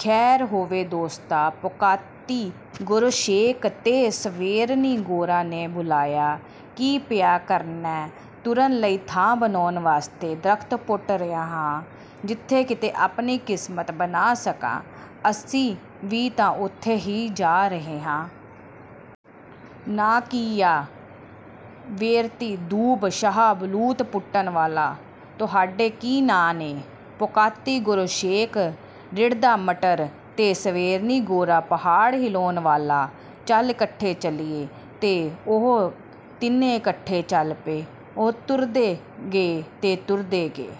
“ਖ਼ੈਰ ਹੋਵੇ, ਦੋਸਤਾ!” ਪੋਕਾਤੀ-ਗੋਰੋਸ਼ੇਕ ਤੇ ਸਵੇਰਨੀ-ਗੋਰਾ ਨੇ ਬੁਲਾਇਆ। “ਕੀ ਪਿਆ ਕਰਨੈਂ?” “ਤੁਰਨ ਲਈ ਥਾਂ ਬਣਾਉਣ ਵਾਸਤੇ ਦਰਖ਼ਤ ਪੁੱਟ ਰਿਹਾ ਹਾਂ।” “ਜਿੱਥੇ ਕਿਤੇ ਆਪਣੀ ਕਿਸਮਤ ਬਣਾ ਸਕਾਂ।” “ਅਸੀਂ ਵੀ ਤਾਂ ਓਥੇ ਹੀ ਜਾ ਰਹੇ ਹਾਂ। ਨਾਂ ਕੀ ਆ?” “ਵੇਰਤੀ-ਦੂਬ, ਸ਼ਾਹ ਬਲੂਤ ਪੁੱਟਣ ਵਾਲਾ। ਤੁਹਾਡੇ ਕੀ ਨਾਂ ਨੇ?” “ਪੋਕਾਤੀ-ਗੋਰੋਸ਼ੇਕ, ਰਿੜ੍ਹਦਾ ਮਟਰ, ਤੇ ਸਵੇਰਨੀ-ਗੋਰਾ, ਪਹਾੜ ਹਿਲਾਣ ਵਾਲਾ। ਚੱਲ, ਇਕੱਠੇ ਚੱਲੀਏ।” ਤੇ ਉਹ ਤਿੰਨੇ ਇਕੱਠੇ ਚੱਲ ਪਏ। ਉਹ ਤੁਰਦੇ ਗਏ ਤੇ ਤੁਰਦੇ ਗਏ।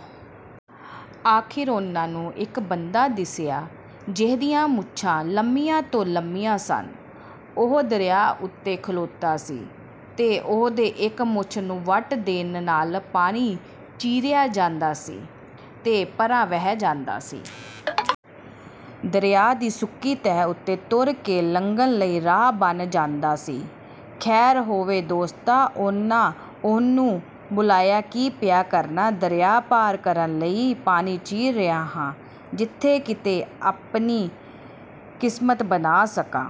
ਅਖ਼ੀਰ ਉਹਨਾਂ ਨੂੰ ਇੱਕ ਬੰਦਾ ਦਿੱਸਿਆ, ਜਿਹਦੀਆਂ ਮੁੱਛਾਂ ਲੰਮੀਆਂ ਤੋਂ ਲੰਮੀਆਂ ਸਨ। ਉਹ ਦਰਿਆ ਉੱਤੇ ਖਲੋਤਾ ਸੀ ਤੇ ਉਹਦੇ ਇੱਕ ਮੁੱਛ ਨੂੰ ਵੱਟ ਦੇਣ ਨਾਲ ਪਾਣੀ ਚੀਰਿਆ ਜਾਂਦਾ ਸੀ ਤੇ ਪਰ੍ਹਾਂ ਵਹਿ ਜਾਂਦਾ ਸੀ। ਦਰਿਆ ਦੀ ਸੁੱਕੀ ਤਹਿ ਉੱਤੇ ਤੁਰ ਕੇ ਲੰਘਣ ਲਈ ਰਾਹ ਬਣ ਜਾਂਦਾ ਸੀ। “ਖ਼ੈਰ ਹੋਵੇ, ਦੋਸਤਾ!” ਉਹਨਾਂ ਉਹਨੂੰ ਬੁਲਾਇਆ। “ਕੀ ਪਿਆ ਕਰਨੈਂ?” “ਦਰਿਆ ਪਾਰ ਕਰਨ ਲਈ ਪਾਣੀ ਚੀਰ ਰਿਹਾ ਹਾਂ। ਜਿੱਥੇ ਕਿਤੇ ਆਪਣੀ ਕਿਸਮਤ ਬਣਾ ਸਕਾਂ।”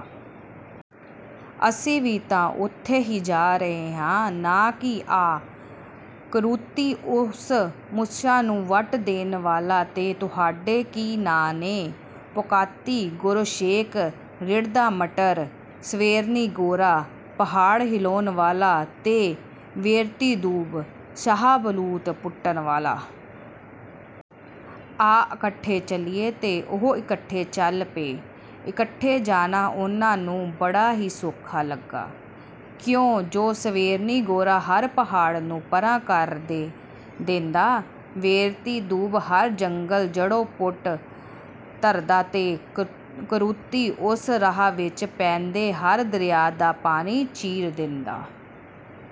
“ਅਸੀਂ ਵੀ ਤਾਂ ਓਥੇ ਹੀ ਜਾ ਰਹੇ ਹਾਂ। ਨਾਂ ਕੀ ਆ?” “ਕਰੂਤੀ-ਉਸ, ਮੁੱਛਾਂ ਨੂੰ ਵੱਟ ਦੇਣ ਵਾਲਾ। ਤੇ ਤੁਹਾਡੇ ਕੀ ਨਾਂ ਨੇ?” “ਪੋਕਾਤੀ-ਗੋਰੋਸ਼ੇਕ, ਰਿੜ੍ਹਦਾ ਮਟਰ, ਸਵੇਰਨੀ-ਗੋਰਾ, ਪਹਾੜ ਹਿਲਾਣ ਵਾਲਾ ਤੇ ਵੇਰਤੀ-ਦੂਬ, ਸ਼ਾਹ ਬਲੂਤ ਪੁੱਟਣ ਵਾਲਾ। ਆ, ਇਕੱਠੇ ਚੱਲੀਏ!” ਤੇ ਉਹ ਇਕੱਠੇ ਚੱਲ ਪਏ। ਇਕੱਠੇ ਜਾਣਾ ਉਹਨਾਂ ਨੂੰ ਬੜਾ ਹੀ ਸੌਖਾ ਲੱਗਾ, ਕਿਉਂ ਜੋ ਸਵੇਰਨੀ-ਗੋਰਾ ਹਰ ਪਹਾੜ ਨੂੰ ਪਰ੍ਹਾਂ ਕਰ ਦੇਂਦਾ, ਵੇਰਤੀ-ਦੂਬ ਹਰ ਜੰਗਲ ਜੜ੍ਹੋਂ ਪੁੱਟ ਧਰਦਾ ਤੇ ਕਰੂਤੀ-ਉਸ ਰਾਹ ਵਿੱਚ ਪੈਂਦੇ ਹਰ ਦਰਿਆ ਦਾ ਪਾਣੀ ਚੀਰ ਦੇਂਦਾ।